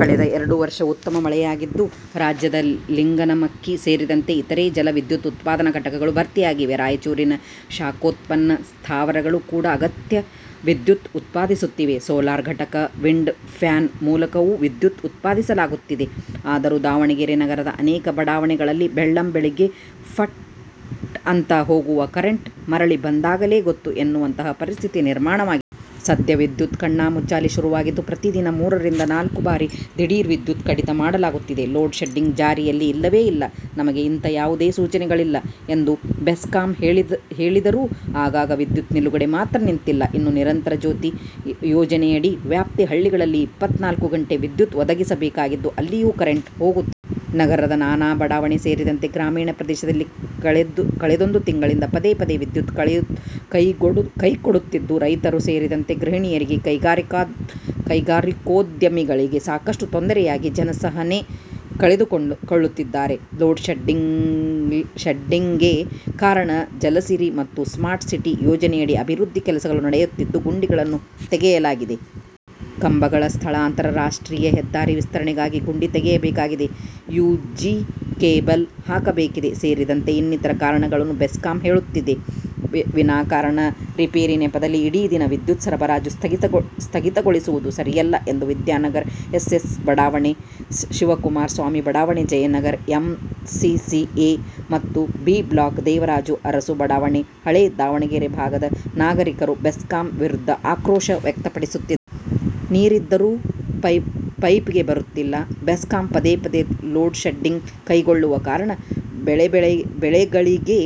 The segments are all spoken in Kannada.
ಕಳೆದ ಎರಡು ವರ್ಷ ಉತ್ತಮ ಮಳೆಯಾಗಿದ್ದು, ರಾಜ್ಯದ ಲಿಂಗನಮಕ್ಕಿ ಸೇರಿದಂತೆ ಇತರೆ ಜಲ ವಿದ್ಯುತ್ ಉತ್ಪಾದನಾ ಘಟಕಗಳು ಭರ್ತಿಯಾಗಿವೆ. ರಾಯಚೂರಿನ ಶಾಖೋತ್ಪನ್ನ ಸ್ಥಾವರಗಳು ಕೂಡ ಅಗತ್ಯ ವಿದ್ಯುತ್ ಉತ್ಪಾದಿಸುತ್ತಿವೆ. ಸೋಲಾರ್ ಘಟಕ, ವಿಂಡ್ ಫ್ಯಾನ್ ಮೂಲಕವೂ ವಿದ್ಯುತ್ ಉತ್ಪಾದಿಸಲಾಗುತ್ತಿದೆ. ಆದರೂ ದಾವಣಗೆರೆ ನಗರದ ಅನೇಕ ಬಡಾವಣೆಗಳಲ್ಲಿ ಬೆಳ್ಳಂ ಬೆಳ್ಳಗ್ಗೆ ಫಟ್ ಅಂತ ಹೋಗುವ ಕರೆಂಟ್, ಮರಳಿ ಬಂದಾಗಲೇ ಗೊತ್ತು ಎನ್ನುವಂಥಹ ಪರಿಸ್ಥಿತಿ ನಿರ್ಮಾಣವಾಗಿದೆ. ಸದ್ಯ ವಿದ್ಯುತ್ ಕಣ್ಣಾ ಮುಚ್ಚಾಲೆ ಶುರುವಾಗಿದ್ದು ಪ್ರತಿ ದಿನ ಮೂರರಿಂದ ನಾಲ್ಕು ಬಾರಿ ದಿಢೀರ್ ವಿದ್ಯುತ್ ಕಡಿತ ಮಾಡಲಾಗುತ್ತಿದೆ. ಲೋಡ್ ಶೆಡ್ಡಿಂಗ್ ಜಾರಿಯಲ್ಲಿ ಇಲ್ಲವೇ ಇಲ್ಲ. ನಮಗೆ ಅಂಥ ಯಾವುದೇ ಸೂಚನೆಗಳಿಲ್ಲ ಎಂದು ಬೆಸ್ಕಾಂ ಹೇಳಿದರೂ, ಆಗಾಗ ವಿದ್ಯುತ್ ನಿಲುಗಡೆ ಮಾತ್ರ ನಿಂತಿಲ್ಲ. ಇನ್ನು ನಿರಂತರ ಜ್ಯೋತಿ ಯೋಜನೆಯಡಿ ವ್ಯಾಪ್ತಿ ಹಳ್ಳಿಗಳಲ್ಲಿ ಇಪ್ಪತ್ತ ನಾಲ್ಕು ಗಂಟೆ ವಿದ್ಯುತ್ ಒದಗಿಸಬೇಕಾಗಿದ್ದು ಅಲ್ಲಿಯೂ ಕರೆಂಟ್ ಹೋಗುತ್ತಿದೆ. ನಗರದ ನಾನಾ ಬಡಾವಣೆ ಸೇರಿದಂತೆ ಗ್ರಾಮೀಣ ಪ್ರದೇಶದಲ್ಲಿ ಕಳೆದೊಂದು ತಿಂಗಳಿಂದ ಪದೇ ಪದೇ ವಿದ್ಯುತ್ ಕೈಕೊಡುತ್ತಿದ್ದು ರೈತರು ಸೇರಿದಂತೆ ಗೃಹಣಿಯರಿಗೆ, ಕೈಗಾರಿಕೋದ್ಯಮಿಗಳಿಗೆ ಸಾಕಷ್ಟು ತೊಂದರೆಯಾಗಿ ಜನ ಸಹನೆ ಕಳೆದುಕೊಳ್ಳುತ್ತಿದ್ದಾರೆ. ಲೋಡ್ ಶೆಡ್ಡಿಂಗ್ಗೆ ಕಾರಣ ಜಲಸಿರಿ ಮತ್ತು ಸ್ಮಾರ್ಟ್ ಸಿಟಿ ಯೋಜನೆಯಡಿ ಅಭಿವೃದ್ಧಿ ಕೆಲಸಗಳು ನಡೆಯುತ್ತಿದ್ದು ಗುಂಡಿಗಳನ್ನು ತೆಗೆಯಲಾಗಿದೆ. ಕಂಬಗಳ ಸ್ಥಳಾಂತರ ರಾಷ್ಟ್ರೀಯ ಹೆದ್ದಾರಿ ವಿಸ್ತರಣೆಗಾಗಿ ಗುಂಡಿ ತೆಗೆಯಬೇಕಾಗಿದೆ. ಯು ಜಿ ಕೇಬಲ್ ಹಾಕಬೇಕಿದೆ ಸೇರಿದಂತೆ ಇನ್ನಿತರ ಕಾರಣಗಳನ್ನು ಬೆಸ್ಕಾಂ ಹೇಳುತ್ತಿದೆ. ವಿನಾಕಾರಣ ರಿಪೇರಿ ನೆಪದಲ್ಲಿ ಇಡೀ ದಿನ ವಿದ್ಯುತ್ ಸರಬರಾಜು ಸ್ಥಗಿತಗೊಳಿಸುವುದು ಸರಿಯಲ್ಲ ಎಂದು ವಿದ್ಯಾನಗರ, ಎಸ್. ಎಸ್. ಬಡಾವಣೆ, ಶಿವಕುಮಾರ್ ಸ್ವಾಮಿ ಬಡಾವಣೆ, Jayanagar, M C C A ಮತ್ತು ಬಿ ಬ್ಲಾಕ್ ದೇವರಾಜು ಅರಸು ಬಡಾವಣೆ, ಹಳೇ ದಾವಣಗೆರೆ ಭಾಗದ ನಾಗರಿಕರು ಬೆಸ್ಕಾಂ ವಿರುದ್ಧ ಆಕ್ರೋಶ ವ್ಯಕ್ತಪಡಿಸುತ್ತಿದ್ದಾರೆ. ನೀರಿದ್ದರೂ ಪೈಪ್ಗೆ ಬರುತ್ತಿಲ್ಲ. ಬೆಸ್ಕಾಂ ಪದೇ ಪದೇ ಲೋಡ್ ಶೆಡ್ಡಿಂಗ್ ಕೈಗೊಳ್ಳುವ ಕಾರಣ ಬೆಳೆಗಳಿಗೆ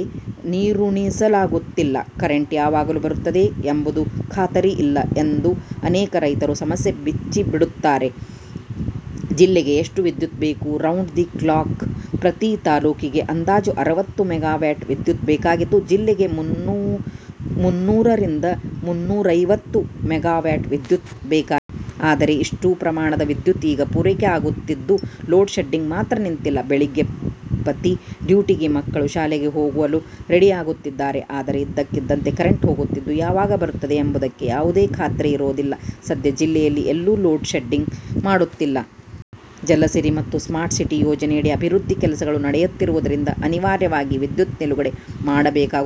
ನೀರುಣಿಸಲಾಗುತ್ತಿಲ್ಲ. ಕರೆಂಟ್ ಯಾವಾಗ ಬರುತ್ತದೆ ಎಂಬುದೂ ಖಾತರಿ ಇಲ್ಲಎಂದು ಅನೇಕ ರೈತರು ಸಮಸ್ಯೆ ಬಿಚ್ಚಿಡುತ್ತಾರೆ. ಜಿಲ್ಲೆಗೆ ಎಷ್ಟು ವಿದ್ಯುತ್ ಬೇಕು ರೌಂಡ್ ದಿ ಕ್ಲಾಕ್ ಪ್ರತಿ ತಾಲೂಕಿಗೆ ಅಂದಾಜು ಅರವತ್ತು ಮೆಗಾವ್ಯಾಟ್ ವಿದ್ಯುತ್ ಬೇಕಾಗಿದ್ದು, ಜಿಲ್ಲೆಗೆ ಮುನ್ನೂರರಿಂದ ಮುನ್ನೂರೈವತ್ತು ಮೆಗಾವ್ಯಾಟ್ ವಿದ್ಯುತ್ ಬೇಕಾಗಿದೆ. ಆದರೆ ಇಷ್ಟೂ ಪ್ರಮಾಣದ ವಿದ್ಯುತ್ ಈಗ ಪೂರೈಕೆ ಆಗುತ್ತಿದ್ದು, ಲೋಡ್ ಶೆಡ್ಡಿಂಗ್ ಮಾತ್ರ ನಿಂತಿಲ್ಲ. ಬೆಳಗ್ಗೆ ಪತಿ ಡ್ಯೂಟಿಗೆ, ಮಕ್ಕಳು ಶಾಲೆಗೆ ಹೋಗಲು ರೆಡಿಯಾಗುತ್ತಿರುತ್ತಾರೆ. ಆದರೆ ಇದ್ದಕ್ಕಿದ್ದಂತೆ ಕರೆಂಟ್ ಹೋಗುತ್ತಿದ್ದು, ಯಾವಾಗ ಬರುತ್ತದೆ ಎಂಬುದಕ್ಕೆ ಯಾವುದೇ ಖಾತ್ರಿ ಇರೋದಿಲ್ಲ. "ಸದ್ಯ ಜಿಲ್ಲೆಯಲ್ಲಿ ಎಲ್ಲೂ ಲೋಡ್ ಶೆಡ್ಡಿಂಗ್ ಮಾಡುತ್ತಿಲ್ಲ. ಜಲಸಿರಿ ಮತ್ತು ಸ್ಮಾರ್ಟ್ ಸಿಟಿ ಯೋಜನೆಯಡಿ ಅಭಿವೃದ್ಧಿ ಕೆಲಸಗಳು ನಡೆಯುತ್ತಿರುವುದರಿಂದ ಅನಿವಾರ್ಯವಾಗಿ ವಿದ್ಯುತ್ ನಿಲುಗಡೆ ಮಾಡಬೇಕಾಗುತ್ತದೆ".